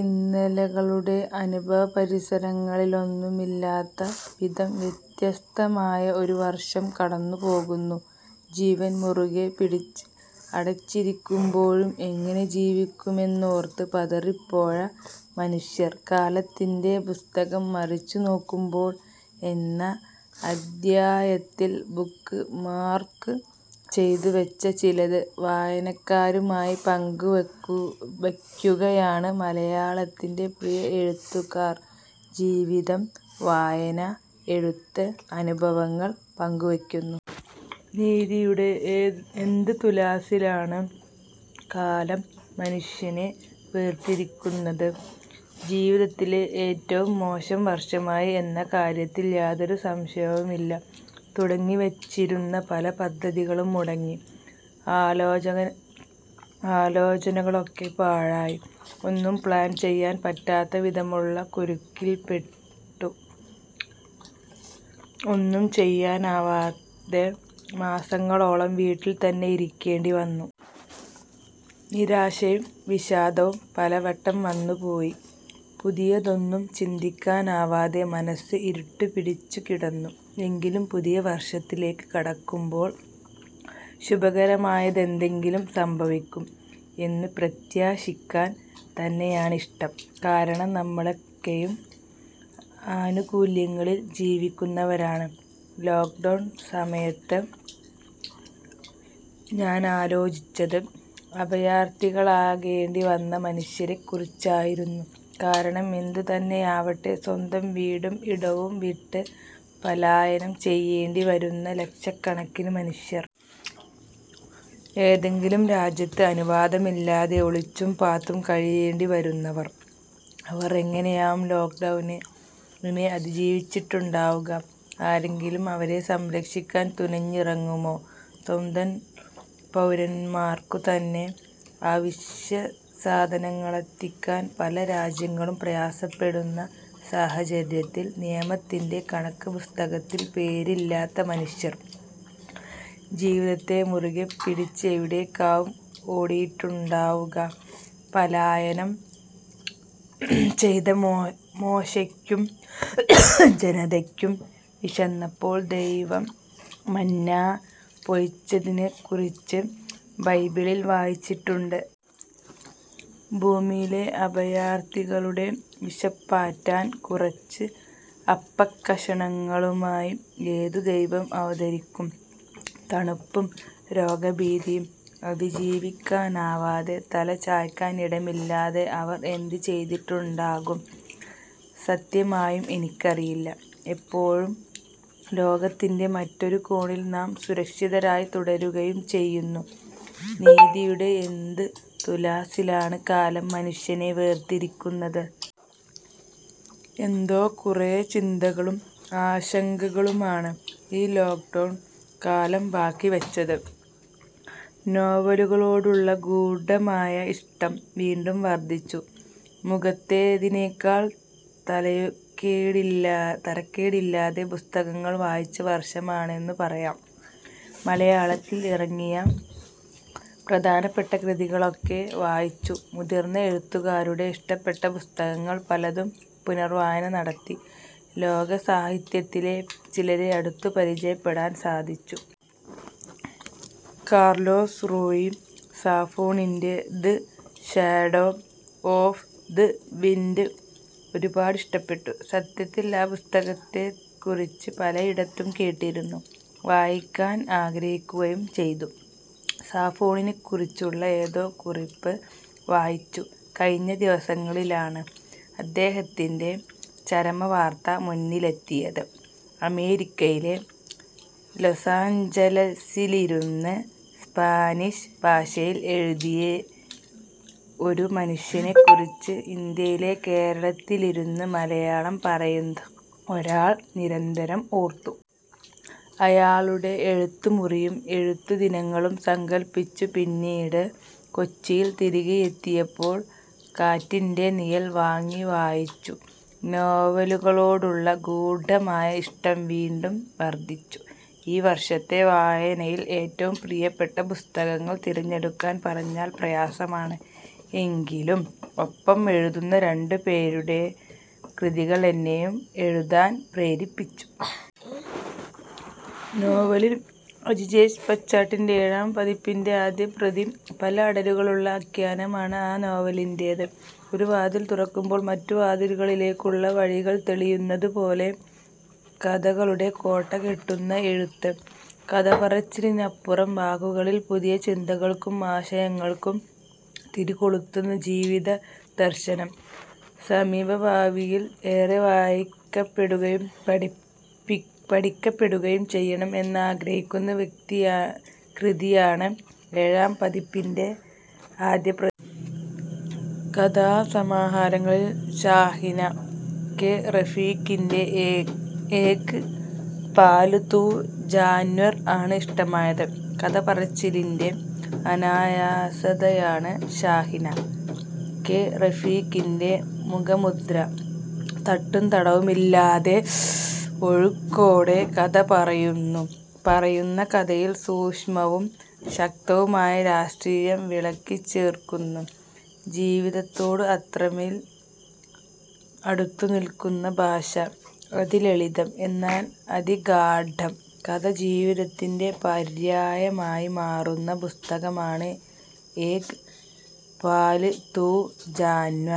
ഇന്നലെകളുടെ അനുഭവപരിസരങ്ങളിലൊന്നുമില്ലാത്ത വിധം വ്യത്യസ്തമായ ഒരു വർഷം കടന്നുപോകുന്നു. ജീവൻ മുറുകെ പിടിച്ച് അടച്ചിരിക്കുമ്പോഴും എങ്ങനെ ജീവിക്കുമെന്നോർത്ത് പതറിപ്പോയ മനുഷ്യർ. കാലത്തിന്റെ പുസ്തകം മറിച്ചുനോക്കുമ്പോൾ എന്ന അധ്യായത്തിൽ ' ബുക്മാർക്ക് ' ചെയ്തു വച്ച ചിലത് വായനക്കാരുമായി പങ്കുവയ്ക്കുകയാണ് മലയാളത്തിന്റെ പ്രിയ എഴുത്തുകാർ. ജീവിതം, വായന, എഴുത്ത് അനുഭവങ്ങൾ പങ്കുവയ്ക്കുന്നു. നീതിയുടെ എന്ത് തുലാസിലാണ്, കാലം മനുഷ്യനെ വേർതിരിക്കുന്നത്? ജീവിതത്തിലെ ഏറ്റവും മോശം വർഷമായി എന്ന കാര്യത്തിൽ യാതൊരു സംശയവുമില്ല. തുടങ്ങിവച്ചിരുന്ന പല പദ്ധതികളും മുടങ്ങി. ആലോചനകളൊക്കെ പാഴായി. ഒന്നും പ്ലാൻ ചെയ്യാൻ പറ്റാത്തവിധമുള്ള കുരുക്കില്പെട്ടു. ഒന്നും ചെയ്യാനാവാതെ മാസങ്ങളോളം വീട്ടിൽ തന്നെ ഇരിക്കേണ്ടി വന്നു. നിരാശയും വിഷാദവും പലവട്ടം വന്നുപോയി. പുതിയതൊന്നും ചിന്തിക്കാനാവാതെ മനസ്സ് ഇരുട്ടുപിടിച്ചുകിടന്നു. എങ്കിലും പുതിയ വർഷത്തിലേക്കു കടക്കുമ്പോൾ ശുഭകരമായതെന്തെങ്കിലും സംഭവിക്കും എന്നു പ്രത്യാശിക്കാൻ തന്നെയാണിഷ്ടം. കാരണം നമ്മളൊക്കെയും ആനുകൂല്യങ്ങളിൽ ജീവിക്കുന്നവരാണ്. ലോക്ഡൗണ് സമയത്ത്, ഞാനാലോചിച്ചത് അഭയാർത്തികളാകേണ്ടി വന്ന മനുഷ്യരെക്കുറിച്ചായിരുന്നു. കാരണം എന്തുതന്നെയാവട്ടെ, സ്വന്തം വീടും ഇടവും വിട്ട് പലായനം ചെയ്യേണ്ടിവരുന്ന ലക്ഷക്കണക്കിനു മനുഷ്യർ. ഏതെങ്കിലും രാജ്യത്ത് അനുവാദമില്ലാതെ, ഒളിച്ചും പാത്തും കഴിയേണ്ടിവരുന്നവർ. അവർ എങ്ങനെയാവും ലോക്ഡൗണിനെ അതിജീവിച്ചിട്ടുണ്ടാവുക? ആരെങ്കിലും അവരെ സംരക്ഷിക്കാൻ തുനിഞ്ഞിറങ്ങുമോ? സ്വന്തം പൗരന്മാർക്കു തന്നെ അവശ്യസാധനങ്ങളെത്തിക്കാൻ പല രാജ്യങ്ങളും പ്രയാസപ്പെടുന്ന സാഹചര്യത്തിൽ, നിയമത്തിന്റെ കണക്കുപുസ്തകത്തിൽ പേരില്ലാത്ത മനുഷ്യർ ജീവിതത്തെ മുറുകെപ്പിടിച്ച് എവിടേക്കാവും ഓടിയിട്ടുണ്ടാവുക? പലായനം ചെയ്ത മോശയ്ക്കും ജനതയ്ക്കും വിശന്നപ്പോൾ ദൈവം മന്നാ പൊഴിച്ചതിനെക്കുറിച്ച് ബൈബിളിൽ വായിച്ചിട്ടുണ്ട്. ഭൂമിയിലെ അഭയാർഥികളുടെ വിശപ്പാറ്റാൻ കുറച്ച് അപ്പക്കഷണങ്ങളുമായി ഏതു ദൈവം അവതരിക്കും? തണുപ്പും രോഗഭീതിയും അതിജീവിക്കാനാവാതെ, തലചായ്ക്കാൻ ഇടമില്ലാതെ അവർ എന്തു ചെയ്തിട്ടുണ്ടാകും? സത്യമായും എനിക്കറിയില്ല. അപ്പോഴും ലോകത്തിന്റെ മറ്റൊരു കോണിൽ നാം സുരക്ഷിതരായി തുടരുകയും ചെയ്യുന്നു. നീതിയുടെ എന്ത് തുലാസിലാണ് കാലം മനുഷ്യനെ വേർതിരിക്കുന്നത്? എന്തോ, കുറേ ചിന്തകളും ആശങ്കകളുമാണ് ഈ ലോക്ഡൗൺ കാലം ബാക്കിവച്ചത്. നോവലുകളോടുള്ള ഗൂഢമായ ഇഷ്ടം വീണ്ടും വർധിച്ചു മുമ്പത്തേതിനേക്കാൾ തരക്കേടില്ലാതെ പുസ്തകങ്ങൾ വായിച്ച വർഷമാണെന്നു പറയാം. മലയാളത്തിൽ ഇറങ്ങിയ പ്രധാനപ്പെട്ട കൃതികളൊക്കെ വായിച്ചു. മുതിർന്ന എഴുത്തുകാരുടെ, ഇഷ്ടപ്പെട്ട പുസ്തകങ്ങൾ പലതും പുനർവായന നടത്തി. ലോക സാഹിത്യത്തിലെ ചിലരെ അടുത്തു പരിചയപ്പെടാൻ സാധിച്ചു. കാർലോസ് റൂയി സാഫോണിന്റെ the shadow of the wind ഒരുപാടിഷ്ടപ്പെട്ടു. സത്യത്തിൽ ആ പുസ്തകത്തെക്കുറിച്ച് പലയിടത്തും കേട്ടിരുന്നു. വായിക്കാൻ ആഗ്രഹിക്കുകയും ചെയ്തു. സാഫോണിനെക്കുറിച്ചുള്ള ഏതോ കുറിപ്പ് വായിച്ചു കഴിഞ്ഞ ദിവസങ്ങളിലാണ്, അദ്ദേഹത്തിന്റെ ചരമവാർത്ത മുന്നിലെത്തിയത്. അമേരിക്കയിലെ ലൊസാഞ്ചലസിലിരുന്ന് സ്പാനിഷ് ഭാഷയിൽ എഴുതിയെ ഒരു മനുഷ്യനെക്കുറിച്ച്, ഇന്ത്യയിലെ കേരളത്തിലിരുന്ന് മലയാളം പറയുന്ന ഒരാൾ നിരന്തരം ഓർത്തു. അയാളുടെ എഴുത്തുമുറിയും എഴുത്തുദിനങ്ങളും സങ്കല്പിച്ചു. പിന്നീട്, കൊച്ചിയിൽ തിരികെയെത്തിയപ്പോൾ ' കാറ്റിന്റെ നിഴൽ ' വാങ്ങി, വായിച്ചു. നോവലുകളോടുള്ള ഗൂഢമായ ഇഷ്ടം വീണ്ടും വർധിച്ചു. ഈ വർഷത്തെ വായനയിൽ ഏറ്റവും പ്രിയപ്പെട്ട പുസ്തകങ്ങൾ തിരഞ്ഞെടുക്കാൻ പറഞ്ഞാൽ പ്രയാസമാണ്. എങ്കിലും ഒപ്പം എഴുതുന്ന രണ്ടുപേരുടെ കൃതികൾ എന്നെയും എഴുതാൻ പ്രേരിപ്പിച്ചു. നോവലിൽ അജിജേഷ് പച്ചാട്ടിന്റെ ഏഴാം പതിപ്പിന്റെ ആദ്യപ്രതി. പല അടരുകളുള്ള ആഖ്യാനമാണ് ആ നോവലിന്റേത്. ഒരു വാതിൽ തുറക്കുമ്പോൾ മറ്റു വാതിലുകളിലേക്കുള്ള വഴികൾ തെളിയുന്നതുപോലെ, കഥകളുടെ കോട്ട കെട്ടുന്ന എഴുത്ത്. കഥപറച്ചിലിനപ്പുറം വാക്കുകളിൽ പുതിയ ചിന്തകൾക്കും ആശയങ്ങൾക്കും തിരികൊളുത്തുന്ന ജീവിതദർശനം. സമീപഭാവിയിൽ ഏറെ വായിക്കപ്പെടുകയും പഠിക്കപ്പെടുകയും ചെയ്യണം എന്നാഗ്രഹിക്കുന്ന കൃതിയാണ് ഏഴാം പതിപ്പിന്റെ ആദ്യപ്രതി. കഥാസമാഹാരങ്ങളിൽ ഷാഹിന കെ. റഫീഖിന്റെ ഏക് പാല്തൂ ജാന്വർ ആണ് ഇഷ്ടമായത്. കഥപറച്ചിലിന്റെ അനായാസതയാണ് ഷാഹിന കെ. റഫീഖിന്റെ മുഖമുദ്ര. തട്ടും തടവുമില്ലാതെ, ഒഴുക്കോടെ കഥപറയുന്നു. പറയുന്ന കഥയിൽ സൂക്ഷ്മവും ശക്തവുമായ രാഷ്ട്രീയം വിളക്കിച്ചേർക്കുന്നു. ജീവിതത്തോട് അത്രമേൽ അടുത്തുനിൽക്കുന്ന ഭാഷ. അതിലളിതം, എന്നാൽ അതിഗാഢം. കഥ ജീവിതത്തിന്റെ പര്യായമായി മാറുന്ന പുസ്തകമാണ് ഏക് പാല്തൂ ജാന്വർ.